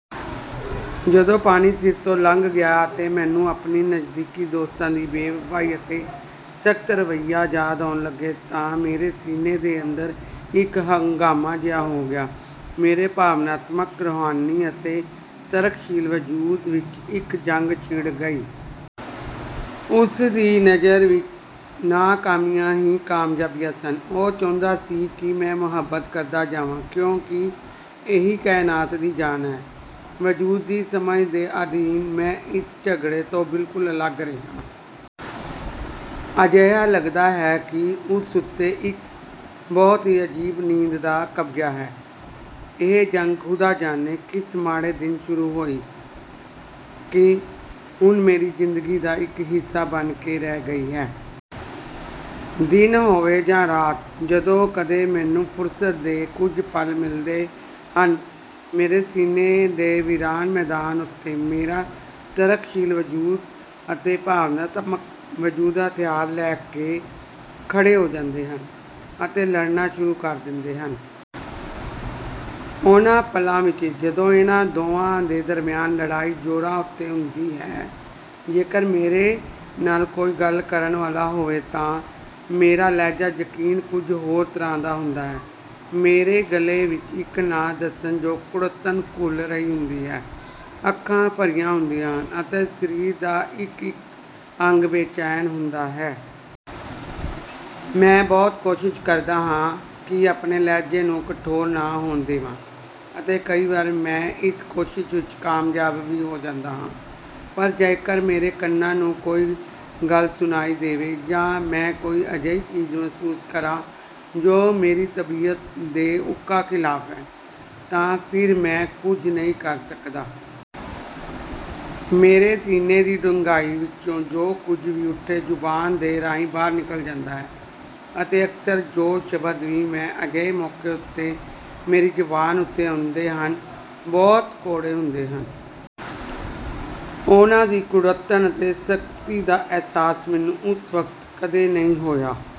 ਜਦੋਂ ਪਾਣੀ ਸਿਰ ਤੋਂ ਲੰਘ ਗਿਆ ਅਤੇ ਮੈਨੂੰ ਆਪਣੇ ਨਜ਼ਦੀਕੀ ਦੋਸਤਾਂ ਦੀ ਬੇਵਫ਼ਾਈ ਅਤੇ ਸਖ਼ਤ ਰਵੱਈਏ ਯਾਦ ਆਉਣ ਲੱਗੇ ਤਾਂ ਮੇਰੇ ਸੀਨੇ ਦੇ ਅੰਦਰ ਇੱਕ ਹੰਗਾਮਾ ਜਿਹਾ ਹੋ ਗਿਆ। ਮੇਰੇ ਭਾਵਨਾਤਮਕ, ਰੂਹਾਨੀ ਅਤੇ ਤਰਕਸ਼ੀਲ ਵਜੂਦ ਵਿੱਚ ਇੱਕ ਜੰਗ ਛਿੜ ਗਈ। ਉਸਦੀ ਨਜ਼ਰ ਵਿੱਚ ਨਾਕਾਮੀਆਂ ਹੀ ਕਾਮਯਾਬੀਆਂ ਸਨ। ਉਹ ਚਾਹੁੰਦਾ ਸੀ ਕਿ ਮੈਂ ਮੁਹੱਬਤ ਕਰਦਾ ਜਾਵਾਂ ਕਿਉਂਕਿ ਇਹੀ ਕਾਇਨਾਤ ਦੀ ਜਾਨ ਹੈ। ਵਜੂਦ ਦੀ ਸਮਝ ਦੇ ਅਧੀਨ ਮੈਂ ਇਸ ਝਗੜੇ ਤੋਂ ਬਿਲਕੁਲ ਅਲੱਗ ਰਿਹਾ। ਅਜਿਹਾ ਲੱਗਦਾ ਹੈ ਕਿ ਉਸ ਉੱਤੇ ਇੱਕ ਬਹੁਤ ਹੀ ਅਜੀਬ ਨੀਂਦ ਦਾ ਕਬਜ਼ਾ ਹੈ। ਇਹ ਜੰਗ ਖ਼ੁਦਾ ਜਾਣੇ ਕਿਸ ਮਾੜੇ ਦਿਨ ਸ਼ੁਰੂ ਹੋਈ ਕਿ ਹੁਣ ਮੇਰੀ ਜ਼ਿੰਦਗੀ ਦਾ ਇੱਕ ਹਿੱਸਾ ਬਣ ਕੇ ਰਹਿ ਗਈ ਹੈ। ਦਿਨ ਹੋਵੇ ਜਾਂ ਰਾਤ, ਜਦੋਂ ਕਦੇ ਮੈਨੂੰ ਫੁਰਸਤ ਦੇ ਕੁਝ ਪਲ ਮਿਲਦੇ ਹਨ, ਮੇਰੇ ਸੀਨੇ ਦੇ ਵੀਰਾਨ ਮੈਦਾਨ ਉੱਤੇ ਮੇਰਾ ਤਰਕਸ਼ੀਲ ਵਜੂਦ ਅਤੇ ਭਾਵਨਾਤਮਕ ਵਜੂਦ ਹਥਿਆਰ ਲੈ ਕੇ ਖੜ੍ਹੇ ਹੋ ਜਾਂਦੇ ਹਨ ਅਤੇ ਲੜਨਾ ਸ਼ੁਰੂ ਕਰ ਦਿੰਦੇ ਹਨ। ਉਨ੍ਹਾਂ ਪਲਾਂ ਵਿੱਚ ਜਦੋਂ ਇਨ੍ਹਾਂ ਦੋਵਾਂ ਦੇ ਦਰਮਿਆਨ ਲੜਾਈ ਜ਼ੋਰਾਂ ਉੱਤੇ ਹੁੰਦੀ ਹੈ, ਜੇਕਰ ਮੇਰੇ ਨਾਲ਼ ਕੋਈ ਗੱਲ ਕਰਨ ਵਾਲਾ ਹੋਵੇ ਤਾਂ ਮੇਰਾ ਲਹਿਜ਼ਾ ਯਕੀਨ ਕੁਝ ਹੋਰ ਤਰ੍ਹਾਂ ਦਾ ਹੁੰਦਾ ਹੈ। ਮੇਰੇ ਗਲੇ ਵਿੱਚ ਇੱਕ ਨਾ ਦੱਸਣ ਯੋਗ ਕੁੜੱਤਣ ਘੁਲ ਰਹੀ ਹੁੰਦੀ ਹੈ, ਅੱਖਾਂ ਭਰੀਆਂ ਹੁੰਦੀਆਂ ਹਨ ਅਤੇ ਸ਼ਰੀਰ ਦਾ ਇੱਕ-ਇੱਕ ਅੰਗ ਬੇਚੈਨ ਹੁੰਦਾ ਹੈ। ਮੈਂ ਬਹੁਤ ਕੋਸ਼ਿਸ਼ ਕਰਦਾ ਹਾਂ ਕਿ ਆਪਣੇ ਲਹਿਜ਼ੇ ਨੂੰ ਕਠੋਰ ਨਾ ਹੋਣ ਦੇਵਾਂ ਅਤੇ ਕਈ ਵਾਰ ਮੈਂ ਇਸ ਕੋਸ਼ਿਸ਼ ਵਿੱਚ ਕਾਮਯਾਬ ਵੀ ਹੋ ਜਾਂਦਾ ਹਾਂ, ਪਰ ਜੇਕਰ ਮੇਰੇ ਕੰਨਾਂ ਨੂੰ ਕੋਈ ਗੱਲ ਸੁਣਾਈ ਦੇਵੇ ਜਾਂ ਮੈਂ ਕੋਈ ਅਜਿਹੀ ਚੀਜ਼ ਮਹਿਸੂਸ ਕਰਾਂ ਜੋ ਮੇਰੀ ਤਬੀਅਤ ਦੇ ਉੱਕਾ ਖਿਲਾਫ਼ ਹੈ ਤਾਂ ਫਿਰ ਮੈਂ ਕੁਝ ਨਹੀਂ ਕਰ ਸਕਦਾ। ਮੇਰੇ ਸੀਨੇ ਦੀ ਡੂੰਘਾਈ ਵਿੱਚੋਂ ਜੋ ਕੁਝ ਵੀ ਉੱਠੇ, ਜ਼ੁਬਾਨ ਦੇ ਰਾਹੀਂ ਬਾਹਰ ਨਿਕਲ ਜਾਂਦਾ ਹੈ ਅਤੇ ਅਕਸਰ ਜੋ ਸ਼ਬਦ ਵੀ ਅਜਿਹੇ ਮੌਕੇ ਉੱਤੇ ਮੇਰੀ ਜ਼ੁਬਾਨ ਉੱਤੇ ਆਉਂਦੇ ਹਨ, ਬਹੁਤ ਕੌੜੇ ਹੁੰਦੇ ਹਨ। ਉਨ੍ਹਾਂ ਦੀ ਕੁੜੱਤਣ ਅਤੇ ਸਖ਼ਤੀ ਦਾ ਅਹਿਸਾਸ ਮੈਨੂੰ ਉਸ ਵਕਤ ਕਦੇ ਨਹੀਂ ਹੋਇਆ।